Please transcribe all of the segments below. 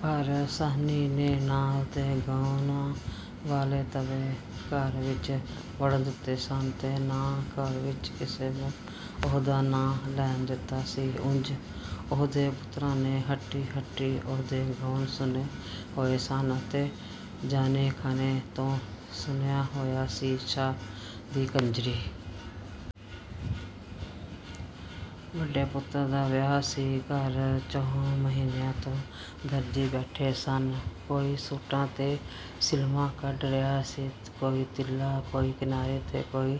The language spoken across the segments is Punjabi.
ਪਰ ਸ਼ਾਹਣੀ ਨੇ ਨਾ ਉਹਦੇ ਗਾਉਣਾਂ ਵਾਲੇ ਤਵੇ ਘਰ ਵਿਚ ਵੜਣ ਦਿੱਤੇ ਸਨ, ਤੇ ਨਾ ਘਰ ਵਿਚ ਕਿਸੇ ਨੂੰ ਉਹਦਾ ਨਾਂ ਲੈਣ ਦਿੱਤਾ ਸੀ। ਉਂਜ ਉਹਦੇ ਪੁੱਤਰਾਂ ਨੇ ਹੱਟੀ-ਹੱਟੀ ਉਹਦੇ ਗਾਉਣ ਸੁਣੇ ਹੋਏ ਸਨ, ਤੇ ਜਣੇ-ਖਣੇ ਤੋਂ ਸੁਣਿਆ ਹੋਇਆ ਸੀ, "ਸ਼ਾਹ ਦੀ ਕੰਜਰੀ।" ਵੱਡੇ ਪੁੱਤਰ ਦਾ ਵਿਆਹ ਸੀ। ਘਰ ਚਹੁੰ ਮਹੀਨਿਆਂ ਤੋਂ ਦਰਜ਼ੀ ਬੈਠੇ ਹੋਏ ਸਨ। ਕੋਈ ਸੂਟਾਂ ਉੱਤੇ ਸਿਲਮਾ ਕੱਢ ਰਿਹਾ ਸੀ, ਕੋਈ ਤਿੱਲਾ, ਕੋਈ ਕਿਨਾਰੀ ਤੇ ਕੋਈ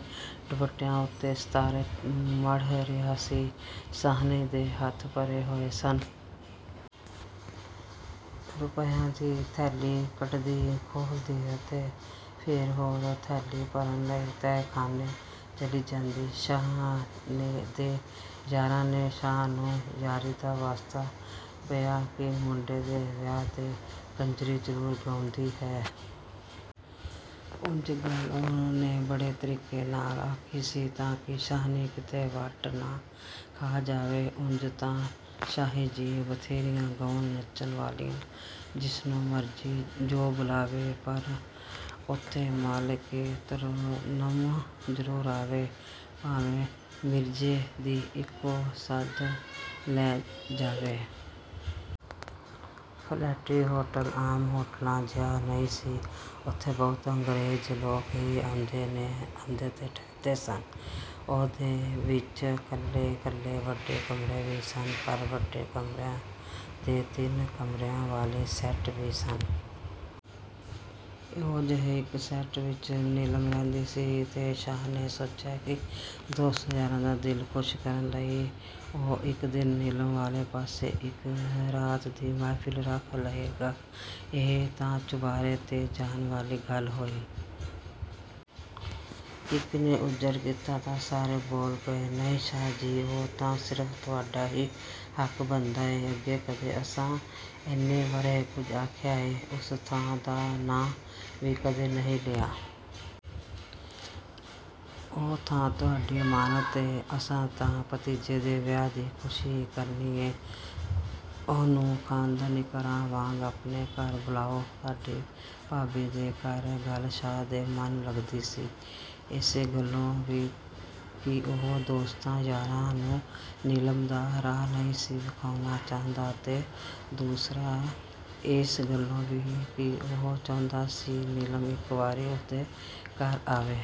ਦੁਪੱਟਿਆਂ ਉੱਤੇ ਸਿਤਾਰੇ ਮੜ੍ਹ ਰਿਹਾ ਸੀ। ਸ਼ਾਹਣੀ ਦੇ ਹੱਥ ਭਰੇ ਹੋਏ ਸਨ। ਰੁਪਈਆਂ ਦੀ ਥੈਲੀ ਕੱਢਦੀ, ਖੋਲ੍ਹਦੀ, ਤੇ ਫੇਰ ਹੋਰ ਥੈਲੀ ਭਰਨ ਲਈ ਤਹਿਖਾਨੇ ਚਲੀ ਜਾਂਦੀ। ਸ਼ਾਹ ਦੇ ਯਾਰਾਂ ਨੇ ਸ਼ਾਹ ਨੂੰ ਯਾਰੀ ਦਾ ਵਾਸਤਾ ਪਾਇਆ ਕਿ ਮੁੰਡੇ ਦੇ ਵਿਆਹ ਤੇ ਕੰਜਰੀ ਜ਼ਰੂਰ ਗਾਂਓਂਦੀ ਹੈ। ਉਂਜ ਗੱਲ ਉਹਨਾਂ ਨੇ ਬੜੇ ਤਰੀਕੇ ਨਾਲ ਆਖੀ ਸੀ, ਤਾਂ ਕਿ ਸ਼ਾਹਣੀ ਕਿਤੇ ਵੱਟ ਨਾ ਖਾ ਜਾਏ। "ਉਂਜ ਤਾਂ ਸ਼ਾਹ ਜੀ, ਬਥੇਰੀਆਂ ਗਾਉਣ-ਨੱਚਣ ਵਾਲੀਆਂ, ਜਿਸਨੂੰ ਮਰਜ਼ੀ ਜੋ ਬੁਲਾਵੇ। ਪਰ ਉੱਥੇ ਮਾਲਕੀ-ਏ-ਤਰੰਨੁਮ ਜ਼ਰੂਰ ਆਵੇ, ਭਾਵੇਂ ਮਿਰਜ਼ੇ ਦੀ ਇਕੋ ਸੱਦ ਲੈ ਜਾਵੇ।" ਫਲੈਟੀ ਹੋਟਲ ਆਮ ਹੋਟਲਾਂ ਜਿਹਾ ਨਹੀਂ ਸੀ। ਉੱਥੇ ਬਹੁਤ ਅੰਗਰੇਜ਼ ਲੋਕ ਹੀ ਆਉਂਦੇ ਤੇ ਠਹਿਰਦੇ ਸਨ। ਉਹਦੇ ਵਿਚ ਕੱਲੇ-ਕੱਲੇ ਵੱਡੇ ਕਮਰੇ ਵੀ ਸਨ, ਪਰ ਵੱਡੇ ਕਮਰਿਆਂ ਦੇ ਤਿੰਨ ਕਮਰਿਆਂ ਵਾਲੇ ਸੈੱਟ ਵੀ ਸਨ। ਇਹੋ ਜਿਹੇ ਇੱਕ ਸੈੱਟ ਵਿਚ ਨੀਲਮ ਰਹਿੰਦੀ ਸੀ ਤੇ ਸ਼ਾਹ ਨੇ ਸੋਚਿਆ ਕਿ ਦੋਸਤਾਂ-ਯਾਰਾਂ ਦਾ ਦਿਲ ਖੁਸ਼ ਕਰਨ ਲਈ ਉਹ ਇੱਕ ਦਿਨ ਨੀਲਮ ਵਾਲੇ ਪਾਸੇ ਇੱਕ ਰਾਤ ਦੀ ਮਹਿਫ਼ਲ ਰੱਖ ਲਏਗਾ। "ਇਹ ਤਾਂ ਚੁਬਾਰੇ ਤੇ ਜਾਣ ਵਾਲੀ ਗੱਲ ਹੋਈ।" ਇੱਕ ਨੇ ਉਜ਼ਰ ਕੀਤਾ ਤਾਂ ਸਾਰੇ ਬੋਲ ਪਏ, "ਨਹੀਂ ਸ਼ਾਹ ਜੀ, ਉਹ ਤਾਂ ਸਿਰਫ਼ ਤੁਹਾਡਾ ਹੀ ਹੱਕ ਬਣਦਾ ਏ। ਅੱਗੇ ਕਦੀ ਅਸਾਂ ਏਨੇ ਵਰ੍ਹੇ ਕੁਝ ਆਖਿਆ ਏ? ਉਸ ਥਾਂ ਦਾ ਨਾਂ ਵੀ ਕਦੇ ਨਹੀਂ ਲਿਆ। ਉਹ ਥਾਂ ਤੁਹਾਡੀ ਅਮਾਨਤ ਏ। ਅਸਾਂ ਤਾਂ ਭਤੀਜੇ ਦੇ ਵਿਆਹ ਦੀ ਖੁਸ਼ੀ ਕਰਨੀ ਏ। ਉਹਨੂੰ ਖਾਨਦਾਨੀ ਘਰਾਂ ਵਾਂਗ ਆਪਣੇ ਘਰ ਬੁਲਾਉ, ਸਾਡੀ ਭਾਬੀ ਦੇ ਘਰ..." ਗੱਲ ਸ਼ਾਹ ਦੇ ਮਨ ਲੱਗਦੀ ਸੀ। ਏਸ ਗੱਲੋਂ ਵੀ ਕਿ ਉਹ ਦੋਸਤਾਂ-ਯਾਰਾਂ ਨੂੰ ਨੀਲਮ ਦਾ ਰਾਹ ਨਹੀਂ ਸੀ ਵਿਖਾਣਾ ਚਾਹੁੰਦਾ, ਤੇ ਦੂਸਰਾ ਏਸ ਗੱਲੋਂ ਵੀ ਕਿ ਉਹ ਚਾਹੁੰਦਾ ਸੀ ਨੀਲਮ ਇੱਕ ਵਾਰੀ ਉਹਦੇ ਘਰ ਆਵੇ...।